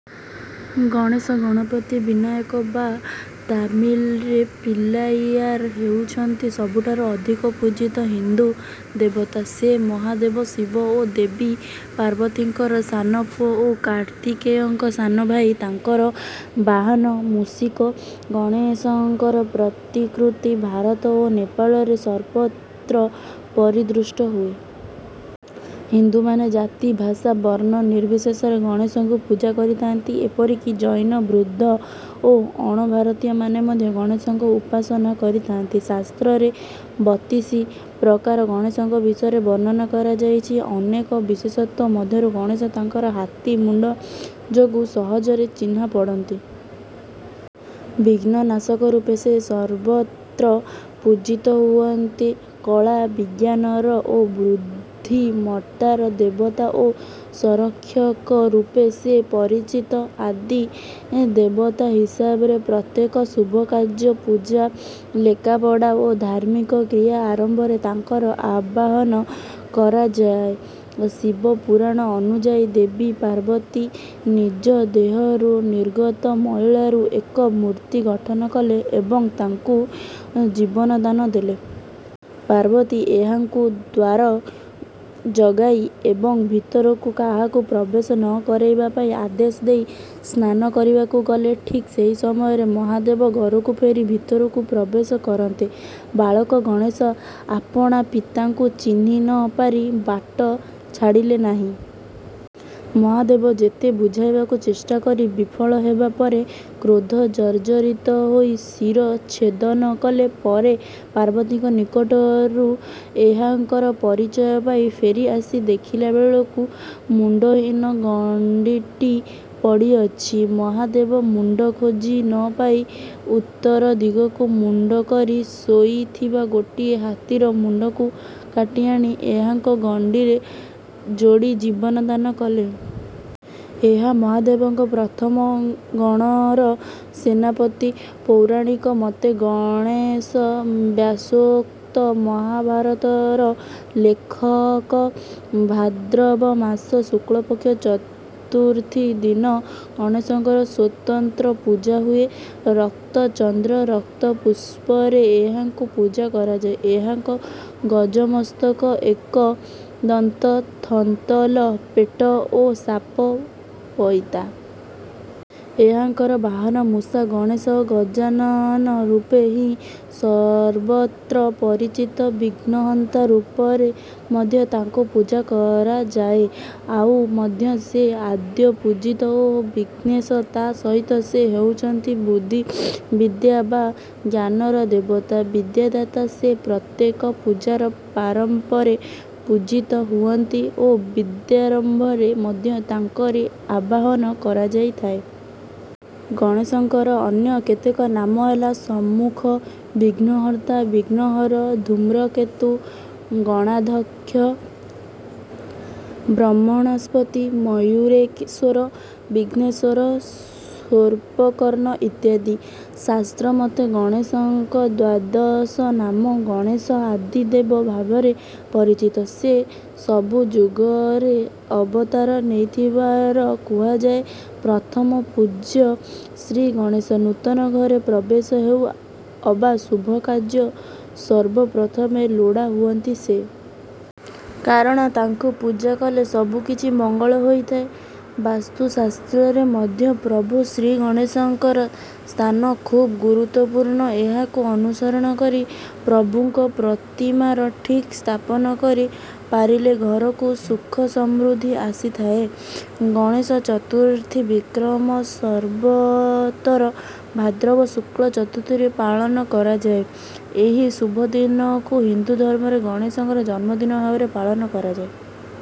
ଗଣେଶ, ଗଣପତି, ବିନାୟକ ବା ତାମିଲରେ ପିଲ୍ଲାଇୟାର ହେଉଛନ୍ତି ସବୁଠାରୁ ଅଧିକ ପୂଜିତ ହିନ୍ଦୁ ଦେବତା। ସେ ମହାଦେବ ଶିବ ଓ ଦେବୀ ପାର୍ବତୀଙ୍କର ସାନ ପୁଅ ଓ କାର୍ତ୍ତିକେୟଙ୍କର ସାନ ଭାଇ। ତାଙ୍କର ବାହନ ମୂଷିକ। ଗଣେଶଙ୍କର ପ୍ରତିକୃତି ଭାରତ ଓ ନେପାଳରେ ସର୍ବତ୍ର ପରିଦୃଷ୍ଟ ହୁଏ। ହିନ୍ଦୁମାନେ ଜାତି, ଭାଷା, ବର୍ଣ୍ଣ ନିର୍ବିଶେଷରେ ଗଣେଶଙ୍କୁ ପୂଜା କରିଥାନ୍ତି। ଏପରିକି ଜୈନ, ବୁଦ୍ଧ ଓ ଅଣଭାରତୀୟମାନେ ମଧ୍ୟ ଗଣେଶଙ୍କ ଉପାସନା କରିଥାନ୍ତି। ଶାସ୍ତ୍ରରେ ବତିଶି ପ୍ରକାର ଗଣେଶଙ୍କ ବିଷୟରେ ବର୍ଣ୍ଣନା କରାଯାଇଛି। ଅନେକ ବିଶେଷତ୍ୱ ମଧ୍ୟରୁ ଗଣେଶ ତାଙ୍କର ହାତୀ ମୁଣ୍ଡ ଯୋଗୁ ସହଜରେ ଚିହ୍ନା ପଡ଼ନ୍ତି। ବିଘ୍ନ ନାଶକ ରୂପେ ସେ ସର୍ବତ୍ର ପୂଜିତ ହୁଅନ୍ତି। କଳା, ବିଜ୍ଞାନର ଓ ବୁଦ୍ଧିମତ୍ତାର ଦେବତା ଓ ସଂରକ୍ଷକ ରୂପେ ସେ ପରିଚିତ। ଆଦି ଦେବତା ହିସାବରେ ପ୍ରତ୍ୟେକ ଶୁଭ କାର୍ଯ୍ୟ, ପୂଜା, ଲେଖାପଢ଼ା ଓ ଧାର୍ମିକ କ୍ରିୟା ଆରମ୍ଭରେ ତାଙ୍କର ଆବାହନ କରାଯାଏ। ଶିବ ପୁରାଣ ଅନୁଯାୟୀ ଦେବୀ ପାର୍ବତୀ ନିଜଦେହରୁ ନିର୍ଗତ ମଇଳାରୁ ଏକ ମୂର୍ତ୍ତି ଗଠନ କଲେ ଏବଂ ତାକୁ ଜୀବନ ଦାନ ଦେଲେ। ପାର୍ବତୀ ଏହାଙ୍କୁ ଦ୍ୱାର ଜଗାଇ ଏବଂ ଭିତରକୁ କାହାକୁ ପ୍ରବେଶ ନ କରେଇବା ପାଇଁ ଆଦେଶ ଦେଇ ସ୍ନାନ କରିବାକୁ ଗଲେ। ଠିକ୍ ସେହି ସମୟରେ ମହାଦେବ ଘରକୁ ଫେରି ଭିତରକୁ ପ୍ରବେଶ କରନ୍ତେ, ବାଳକ ଗଣେଶ ଆପଣା ପିତାଙ୍କୁ ଚିହ୍ନି ନ ପାରି ବାଟ ଛାଡ଼ିଲେ ନାହିଁ। ମହାଦେବ ଯେତେ ବୁଝାଇବାକୁ ଚେଷ୍ଟା କରି ବିଫଳ ହେବା ପରେ କ୍ରୋଧ ଜର୍ଜରିତ ହୋଇ ଶିର ଚ୍ଛେଦନ କଲେ। ପରେ ପାର୍ବତୀଙ୍କ ନିକଟରୁ ଏହାଙ୍କର ପରିଚୟ ପାଇ ଫେରି ଆସି ଦେଖିଲା ବେଳକୁ ମୁଣ୍ଡହୀନ ଗଣ୍ଡିଟି ପଡ଼ିଅଛି। ମହାଦେବ ମୁଣ୍ଡ ଖୋଜି ନ ପାଇ ଉତ୍ତରଦିଗକୁ ମୁଣ୍ଡକରି ଶୋଇଥିବା ଗୋଟିଏ ହାତୀର ମୁଣ୍ଡକୁ କାଟି ଆଣି ଏହାଙ୍କ ଗଣ୍ଡିରେ ଯୋଡ଼ି ଜୀବନ ଦାନ କଲେ। ଏ ମହାଦେବଙ୍କ ପ୍ରମଥ ଗଣର ସେନାପତି। ପୌରାଣିକ ମତେ ଗଣେଶ ବ୍ୟାସୋକ୍ତ ମହାଭାରତର ଲେଖକ। ଭାଦ୍ରବ ମାସ ଶୁକ୍ଳ ପକ୍ଷ ଚତୁର୍ଥୀ ଦିନ ଗଣେଶଙ୍କର ସ୍ୱତନ୍ତ୍ର ପୂଜା ହୁଏ। ରକ୍ତ ଚନ୍ଦ୍ର, ରକ୍ତ ପୁଷ୍ପରେ ଏହାଙ୍କୁ ପୂଜା କରାଯାଏ। ଏହାଙ୍କର ଗଜମସ୍ତକ, ଏକଦନ୍ତ, ଥନ୍ତଲ ପେଟ ଓ ସାପ ପଇତା। ଏହାଙ୍କର ବାହନ ମୂଷା। ଗଣେଶ ଗଜାନନ ରୂପରେ ହିଁ ସର୍ବତ୍ର ପରିଚିତ। ବିଘ୍ନହନ୍ତା ରୂପରେ ମଧ୍ୟ ତାଙ୍କୁ ପୂଜା କରାଯାଏ। ଆଉମଧ୍ୟ ସେ ଆଦ୍ୟପୂଜିତ ଓ ବିଘ୍ନେଶ। ତା ସହିତ ସେ ହେଉଛନ୍ତି ବୁଦ୍ଧି, ବିଦ୍ୟା ବା ଜ୍ଞାନର ଦେବତା, ବିଦ୍ୟାଦାତା। ସେ ପ୍ରତ୍ୟେକ ପୂଜାର ପ୍ରାରମ୍ଭରେ ପୂଜିତ ହୁଅନ୍ତି ଓ ବିଦ୍ୟାରମ୍ଭରେ ମଧ୍ୟ ତାଙ୍କରି ଆବାହନ କରାଯାଇଥାଏ। ଗଣେଶଙ୍କ ଅନ୍ୟ କେତେକ ନାମ ହେଲା: ସୁମୂଖ, ବିଘ୍ନହର୍ତ୍ତା, ବିଘ୍ନହର, ଧୂମ୍ରକେତୁ, ଗଣାଧ୍ୟକ୍ଷ, ବ୍ରହ୍ମଣସ୍ପତୀ, ମୟୂରେଶ୍ୱର, ବିଘ୍ନେଶ୍ୱର ଓ ଶୂର୍ପକର୍ଣ୍ଣ ଇତ୍ୟାଦି। ଶାସ୍ତ୍ର ମତେ ଗଣେଶଙ୍କ ଦ୍ୱାଦଶନାମ: ଗଣେଶ ଆଦିଦେବ ଭାବରେ ପରିଚିତ। ସେ ସବୁଯୁଗରେ ଅବତାର ନେଇଥିବାର କୁହାଯାଏ। ପ୍ରଥମ ପୂଜ୍ୟ ଶ୍ରୀଗଣେଶ। ନୂତନ ଘରେ ପ୍ରବେଶ ହେଉ ଅବା ଶୁଭ କାର୍ଯ୍ୟ, ସର୍ବ ପ୍ରଥମେ ଲୋଡ଼ା ହୁଅନ୍ତି ସେ। କାରଣ ତାଙ୍କୁ ପୂଜା କଲେ ସବୁକିଛି ମଙ୍ଗଳ ହୋଇଥାଏ। ବାସ୍ତୁଶାସ୍ତ୍ରରେ ମଧ୍ୟ ପ୍ରଭୁ ଶ୍ରୀଗଣେଶଙ୍କ ସ୍ଥାନ ଖୁବ ଗୁରୁତ୍ୱପୂର୍ଣ୍ଣ। ଏହାକୁ ଅନୁସରଣ କରି ପ୍ରଭୁଙ୍କ ପ୍ରତିମାର ଠିକ୍ ସ୍ଥାପନ କରି ପାରିଲେ ଘରକୁ ସୁଖସମୃଦ୍ଧି ଆସିଥାଏ। ଗଣେଶ ଚତୁର୍ଥୀ, ବିକ୍ରମ ସଂବତର ଭାଦ୍ରବ ଶୁକ୍ଳ ଚତୁର୍ଥୀରେ ପାଳନ କରାଯାଏ। ଏହି ଶୁଭଦିନକୁ ହିନ୍ଦୁଧର୍ମରେ ଗଣେଶଙ୍କ ଜନ୍ମ ଦିନ ଭାବେ ପାଳନ କରାଯାଏ।